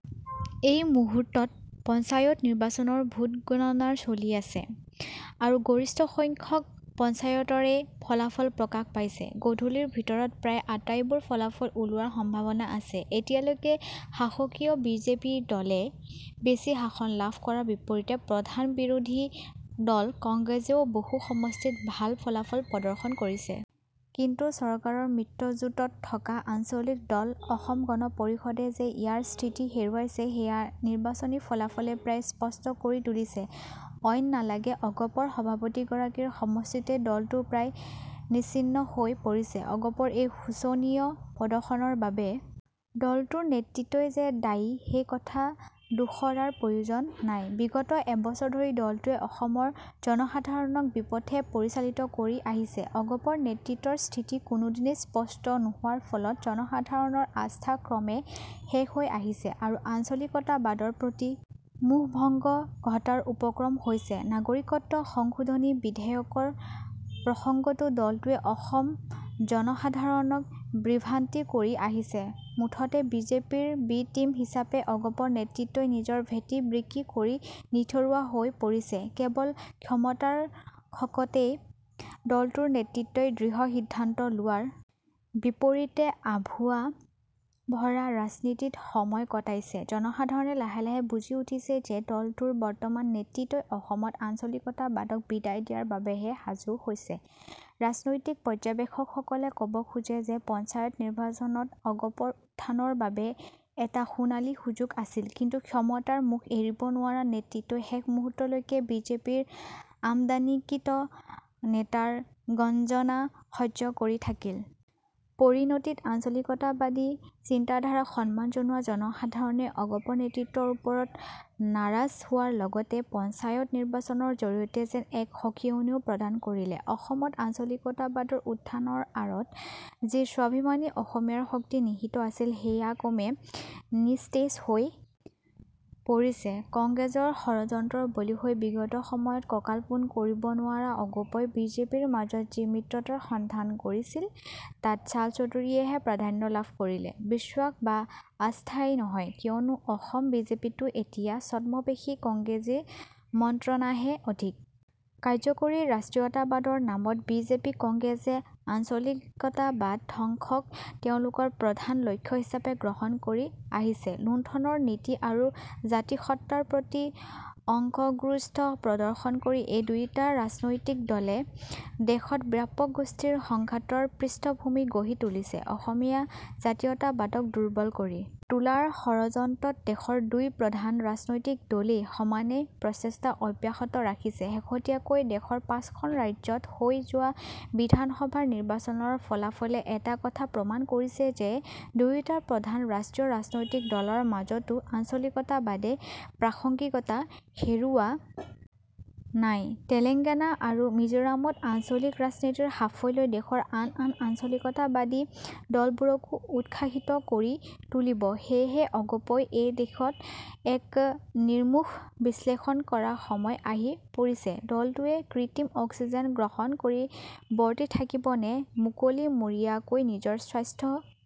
এই মুহূৰ্তত পঞ্চায়ত নিৰ্বাচনৰ ভোটগণনা চলি আছে আৰু গৰিষ্ঠ সংখ্যক পঞ্চায়তৰে ফলাফল প্ৰকাশ পাইছেগধূলিৰ ভিতৰত প্ৰায় আটাইবোৰ ফলাফল ওলোৱাৰ সম্ভাৱনা আছে। এতিয়ালৈকে শাসকীয় বিজেপি দলেই বেছি আসন লাভ কৰাৰ বিপৰীতে প্ৰধান বিৰোধী দল কংগ্ৰেছেও বহু সমষ্টিত ভাল ফলাফল প্ৰদৰ্শন কৰিছে। কিন্তু চৰকাৰৰ মিত্ৰজোঁটত থকা আঞ্চলিক দল অসম গণ পৰিষদে যে ইয়াৰ স্থিতি হেৰুৱাইছে সেয়া নিৰ্বাচনী ফলাফলে প্ৰায় স্পষ্ট কৰি তুলিছেঅইন নালাগে অগপৰ সভাপতিগৰাকীৰ সমষ্টিতে দলটো প্ৰায় নিচিহ্ন হৈ পৰিছেঅগপৰ এই শোচনীয় প্ৰদৰ্শনৰ বাবে দলটোৰ নেতৃত্বই যে দায়ী সেই কথা দোহৰাৰ প্ৰয়োজন নাইবিগত এবছৰ ধৰি দলটোৱে অসমৰ জনসাধাৰণক বিপথে পৰিচালিত কৰি আহিছেঅগপৰ নেতৃত্বৰ স্থিতি কোনোদিনে স্পষ্ট নোহোৱাৰ ফলত জনসাধাৰণৰ আস্থা ক্ৰমে শেষ হৈ আহিছে আৰু আঞ্চলিকতাবাদৰ প্ৰতি মোহভংগ ঘটাৰ উপক্ৰম হৈছেনাগৰিকত্ব সংশোধনী বিধেয়কৰ প্ৰসংগতো দলটোৱে অসমৰ জনসাধাৰণক বিভ্ৰান্ত কৰি আহিছেমুঠতে বিজেপিৰ বি টীম হিচাপে অগপ নেতৃত্বই নিজৰ ভেটি বিক্ৰী কৰি নিঠৰুৱা হৈ পৰিছেকেৱল ক্ষমতাৰ খকতে দলটোৰ নেতৃত্বই দৃঢ় সিদ্ধান্ত লোৱাৰ বিপৰীতে আভুৱা ভৰা ৰাজনীতিত সময় কটাইছেজনসাধাৰণে লাহে লাহে বুজি উঠিছে যে দলটোৰ বৰ্তমান নেতৃত্বই অসমত আঞ্চলিকতাবাদক বিদায় দিয়াৰ বাবেহে সাজু হৈছেৰাজনৈতিক পৰ্যবেক্ষকসকলে কব খোজে যে পঞ্চায়ত নিৰ্বাচনত অগপৰ উত্থানৰ বাবে এটা সোণালী সুযোগ আছিলকিন্তু ক্ষমতাৰ মোহ এৰিব নোৱাৰা নেতৃত্বই শেষ মুহূৰ্তলৈকে বিজেপিৰ আমদানিকৃত নেতাৰ গঞ্জনা সহ্য কৰি থাকিল। পৰিণতিত আঞ্চলিকতাবাদী চিন্তাধাৰাক সন্মান জনোৱা জনসাধাৰণে অগপ নেতৃত্বৰ ওপৰত নাৰাজ হোৱাৰ লগতে পঞ্চায়ত নিৰ্বাচনৰ জৰিয়তে যেন এক সকীয়নিও প্ৰদান কৰিলেঅসমত আঞ্চলিকতাবাদৰ উত্থানৰ আঁৰত যি স্বাভিমানী অসমীয়াৰ শক্তি নিহিত আছিল সেয়া ক্ৰমে নিস্তেজ হৈ পৰিছেকংগ্ৰেছৰ ষড়যন্ত্ৰৰ বলি হৈ বিগত সময়ত কঁকাল পোন কৰিব নোৱাৰা অগপই বিজেপিৰ মাজত যি মিত্ৰতাৰ সন্ধান কৰিছিল তাত চলচাতুৰীয়েহে প্ৰাধান্য লাভ কৰিলে বিশ্বাস বা আস্থাই নহয়কিয়নো অসম বিজেপিতো এতিয়া ছদ্মবেশী কংগ্ৰেছীৰ মন্ত্ৰণাহে অধিক কাৰ্যকৰীৰাষ্ট্ৰীয়তাবাদৰ নামত বিজেপিকংগ্ৰেছে আঞ্চলিকতাবাদ ধ্বংসক তেওঁলোকৰ প্ৰধান লক্ষ্য হিচাপে গ্ৰহণ কৰি আহিছেলুণ্ঠনৰ নীতি আৰু জাতিসত্ত্বাৰ প্ৰতি অংগুষ্ঠ প্ৰদৰ্শন কৰি এই দুয়োটা ৰাজনৈতিক দলে দেশত ব্যাপক গোষ্ঠী সংঘাতৰ পৃষ্ঠভূমি গঢ়ি তুলিছেঅসমীয়া জাতীয়তাবাদক দুৰ্বল কৰি তোলাৰ ষড়যন্ত্ৰত দেশৰ দুই প্ৰধান ৰাজনৈতিক দলেই সমানে প্ৰচেষ্টা অব্যাহত ৰাখিছেশেহতীয়াকৈ দেশৰ পাঁচখন ৰাজ্যত হৈ যোৱা বিধানসভাৰ নিৰ্বাচনৰ ফলাফলে এটা কথা প্ৰমান কৰিছে যে দুয়োটা প্ৰধান ৰাষ্ট্ৰীয় ৰাজনৈতিক দলৰ মাজতো আঞ্চলিকতাবাদে প্ৰাসংগিকতা হেৰুওৱা নাইতেলেংগানা আৰু মিজোৰামত আঞ্চলিক ৰাজনীতিৰ সাফল্যই দেশৰ আন আন আঞ্চলিকতাবাদী দলবোৰকো উৎসাহিত কৰি তুলিবসেয়েহঅগপই এই দিশত এক নিৰ্মোহ বিশ্লেষণ কৰাৰ সময় আহি পৰিছেদলটোৱে কৃত্ৰিম অক্সিজেন গ্ৰহণ কৰি বৰ্তি থাকিব নে মুকলিমুৰীয়াকৈ নিজৰ স্বাস্থ্য